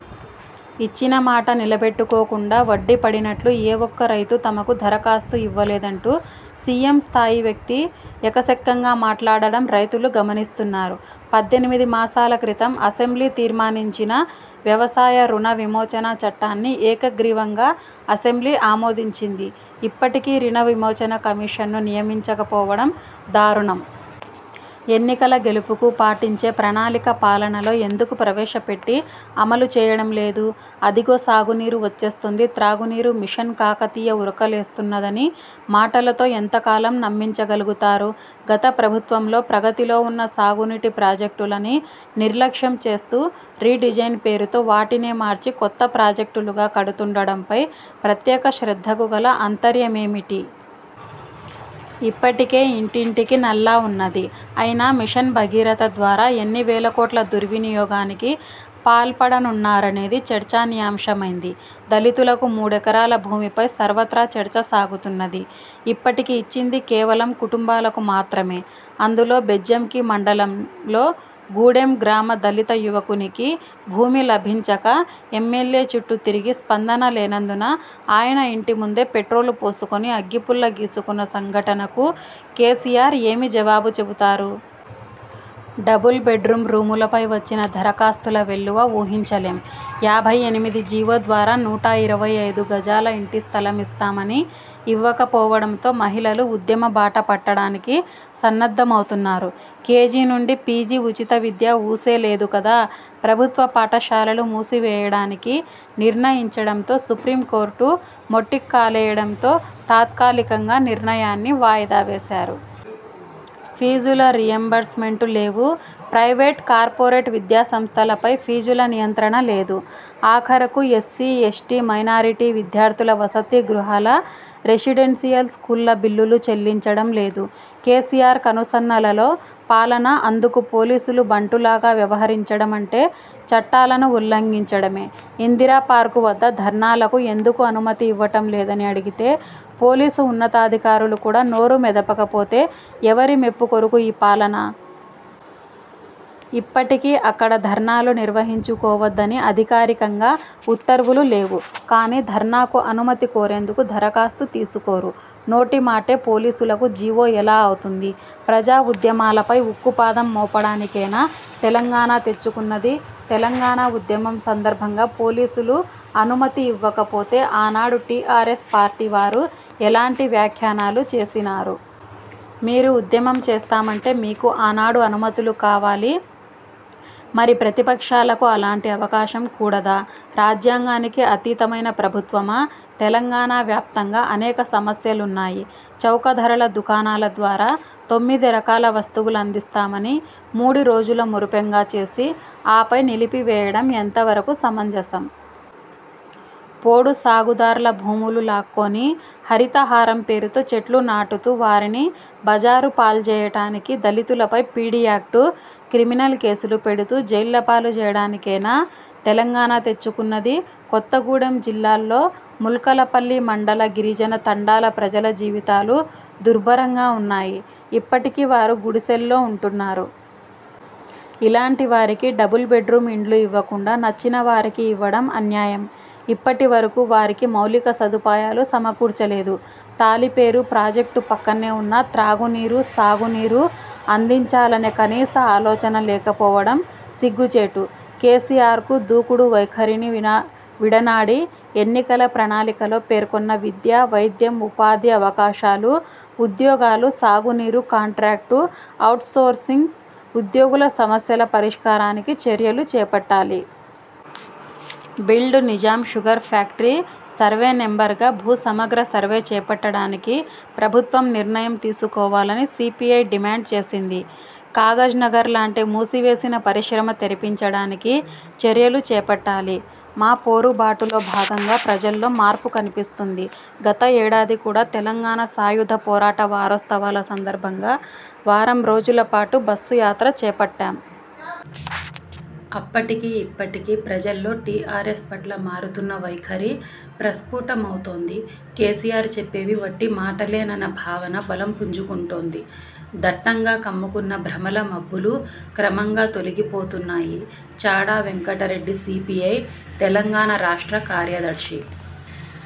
ఇచ్చిన మాట నిలబెట్టుకోకుండా, వడ్డీ పడినట్లు ఏ ఒక్క రైతు తమకు దరఖాస్తు ఇవ్వలేదంటూ సీఎం స్థాయి వ్యక్తి ఎకసెక్కంగా మాట్లాడడం రైతులు గమనిస్తున్నారు. పద్దెనిమిది మాసాల క్రితం అసెంబ్లీ తీర్మానించిన వ్యవసాయ రుణ విమోచన చట్టాన్ని ఏకగ్రీవంగా అసెంబ్లీ ఆమోదించింది. ఇప్పటికీ రుణవిమోచన కమిషన్ను నియమించకపోవడం దారుణం. ఎన్నికల గెలుపుకు పాటించే ప్రణాళిక, పాలనలో ఎందుకు ప్రవేశపెట్టి అమలు చేయడంలేదు. అదిగో సాగునీరు, వచ్చేస్తుంది త్రాగునీరు, మిషన్ కాకతీయ ఉరకలేస్తున్నదని, మాటలతో ఎంతకాలం నమ్మించగలుగుతారు. గతప్రభుత్వంలో ప్రగతిలో ఉన్న సాగునీటి ప్రాజెక్టులని నిర్లక్ష్యంచేస్తూ, రీడిజైన్ పేరుతో వాటినే మార్చి కొత్త ప్రాజెక్టులుగా కడుతుండడంపై ప్రత్యేక శ్రద్ధకు గల ఆంతర్యమేమిటి? ఇప్పటికే ఇంటింటికి నల్లా ఉన్నది. అయినా మిషన్ భగీరథ ద్వారా ఎన్ని వేలకోట్ల దుర్వినియోగానికి పాల్పడనున్నారనేది చర్చనీయాంశమైంది. దళితులకు మూడెకరాల భూమిపై సర్వత్రా చర్చ సాగుతున్నది. ఇప్పటికి ఇచ్చింది కేవలం కుటుంబాలకు మాత్రమే. అందులో బెజ్జంకి మండలంలో గూడెం గ్రామ దళిత యువకునికి భూమి లభించక ఎమ్మెల్యే చుట్టూ తిరిగి స్పందన లేనందున ఆయన ఇంటి ముందే పెట్రోలు పోసుకొని, అగ్గిపుల్ల గీసుకున్న సంఘటనకు కేసీఆర్ ఏమి జవాబు చెబుతారు? డబుల్బెడ్ రూములపై వచ్చిన దరఖాస్తుల వెల్లువ ఊహించలేం. యాభై ఎనిమిది జీవో ద్వారా నూట ఇరవై ఐదు గజాల ఇంటి స్థలమిస్తామని ఇవ్వకపోవడంతో మహిళలు ఉద్యమబాట పట్టడానికి సన్నద్ధమవుతున్నారు. కేజీ నుండి పీజీ ఉచిత విద్య ఊసే లేదు కదా? ప్రభుత్వ పాఠశాలలు మూసివేయడానికి నిర్ణయించడంతో సుప్రీంకోర్టు మొట్టికాలేయడంతో తాత్కాలికంగా నిర్ణయాన్ని వాయిదా వేశారు. ఫీజుల రీయింబర్స్మెంటు లేవు. ప్రైవేట్, కార్పోరేట్ విద్యాసంస్థలపై ఫీజుల నియంత్రణ లేదు. ఆఖరకు ఎస్సీ, ఎస్టీ, మైనారిటీ విద్యార్థుల వసతి గృహాల, రెసిడెన్షియల్ స్కూళ్ళ బిల్లులు చెల్లించడం లేదు. కేసీఆర్ కనుసన్నలలో పాలన, అందుకు పోలీసులు బంటులాగా వ్యవహరించడమంటే చట్టాలను ఉల్లఘించడమే. ఇందిరా పార్కు వద్ద ధర్నాలకు ఎందుకు అనుమతి ఇవ్వటం లేదని అడిగితే, పోలీసు ఉన్నతాధికారులు కూడా నోరు మెదపకపోతే, ఎవరి మెప్పుకొరకు ఈ పాలన? ఇప్పటికీ అక్కడ ధర్నాలు నిర్వహించుకోవద్దని అధికారికంగా ఉత్తర్వులు లేవు. కానీ ధర్నాకు అనుమతి కోరేందుకు దరఖాస్తు తీసుకోరు. నోటి మాటే పోలీసులకు జీవో ఎలా అవుతుంది. ప్రజా ఉద్యమాలపై ఉక్కుపాదం మోపడానికేనా తెలంగాణ తెచ్చుకున్నది. తెలంగాణ ఉద్యమం సందర్భంగా పోలీసులు అనుమతి ఇవ్వకపోతే ఆనాడు టీఆర్ఎస్ పార్టీ వారు ఎలాంటి వ్యాఖ్యానాలు చేసినారు. మీరు ఉద్యమం చేస్తామంటే మీకు ఆనాడు అనుమతులు కావాలి. మరి ప్రతిపక్షాలకు అలాంటి అవకాశం కూడదా? రాజ్యాంగానికి అతీతమైన ప్రభుత్వమా? తెలంగాణ వ్యాప్తంగా అనేక సమస్యలున్నాయి. చౌక ధరల దుకాణాల ద్వారా తొమ్మిది రకాల వస్తువులందిస్తామని మూడురోజుల మురిపెంగా చేసి, ఆపై నిలిపివేయడం ఎంతవరకు సమంజసం. పోడుసాగుదార్ల భూములు లాక్కొని హరితహారం పేరుతో చెట్లు నాటుతూ, వారిని బజారు పాల్జేయటానికీ, దళితులపై పీడీ యాక్టు, క్రిమినల్ కేసులు పెడుతూ జైళ్ళ పాలు చేయడానికేనా తెలంగాణ తెచ్చుకున్నది? కొత్తగూడెం జిల్లాలో ముల్కలపల్లి మండల గిరిజన తండాల ప్రజల జీవితాలు దుర్భరంగా ఉన్నాయి. ఇప్పటికీ వారు గుడిసెల్లో ఉంటున్నారు. ఇలాంటి వారికి డబుల్ బెడ్రూమ్ ఇండ్లు ఇవ్వకుండా, నచ్చినవారికి ఇవ్వడం అన్యాయం. ఇప్పటి వరకు వారికి మౌలిక సదుపాయలు సమకూర్చలేదు. తాలిపేరు ప్రాజెక్టు పక్కనే ఉన్నా, త్రాగు, సాగునీరు అందించాలనే కనీస ఆలోచన లేకపోవడం సిగ్గుచేటు. కేసీఆర్కు దూకుడు వైఖరిని విడనాడి ఎన్నికల ప్రణాళికలో పేర్కొన్న విద్య, వైద్యం, ఉపాధి అవకాశాలు, ఉద్యోగాలు, సాగునీరు, కాంట్రాక్టు, ఔట్సోర్సింగ్ ఉద్యోగుల సమస్యల పరిష్కారానికి చర్యలు చేపట్టాలి. బిల్ట్, నిజాం షుగర్ ఫ్యాక్టరీ సర్వేనెంబర్గా భూసమగ్ర సర్వే చేపట్టడానికి ప్రభుత్వం నిర్ణయంతీసుకోవాలని సీపీఐ డిమాండ్ చేసింది. కాగజ్నగర్ లాంటి మూసివేసిన పరిశ్రమ తెరపించడానికి చర్యలు చేపట్టాలి. మా పోరుబాటులో భాగంగా ప్రజల్లో మార్పు కనిపిస్తుంది. గత ఏడాది కూడా తెలంగాణ సాయుధ పోరాట వారోత్సవాల సందర్భంగా వారం రోజుల పాటు బస్సు యాత్ర చేపట్టాం. అప్పటికీ ఇప్పటికీ ప్రజల్లో టీఆర్ఎస్ పట్ల మారుతున్న వైఖరి ప్రస్ఫుటమవుతోంది. కేసీఆర్ చెప్పేవి వట్టి మాటలేననే భావన బలం పుంజుకుంటోంది. దట్టంగా కమ్ముకున్న భ్రమల మబ్బులు క్రమంగా తొలగిపోతున్నాయి. చాడ వెంకటరెడ్డిసీపీఐ తెలంగాణ రాష్ట్ర కార్యదర్శి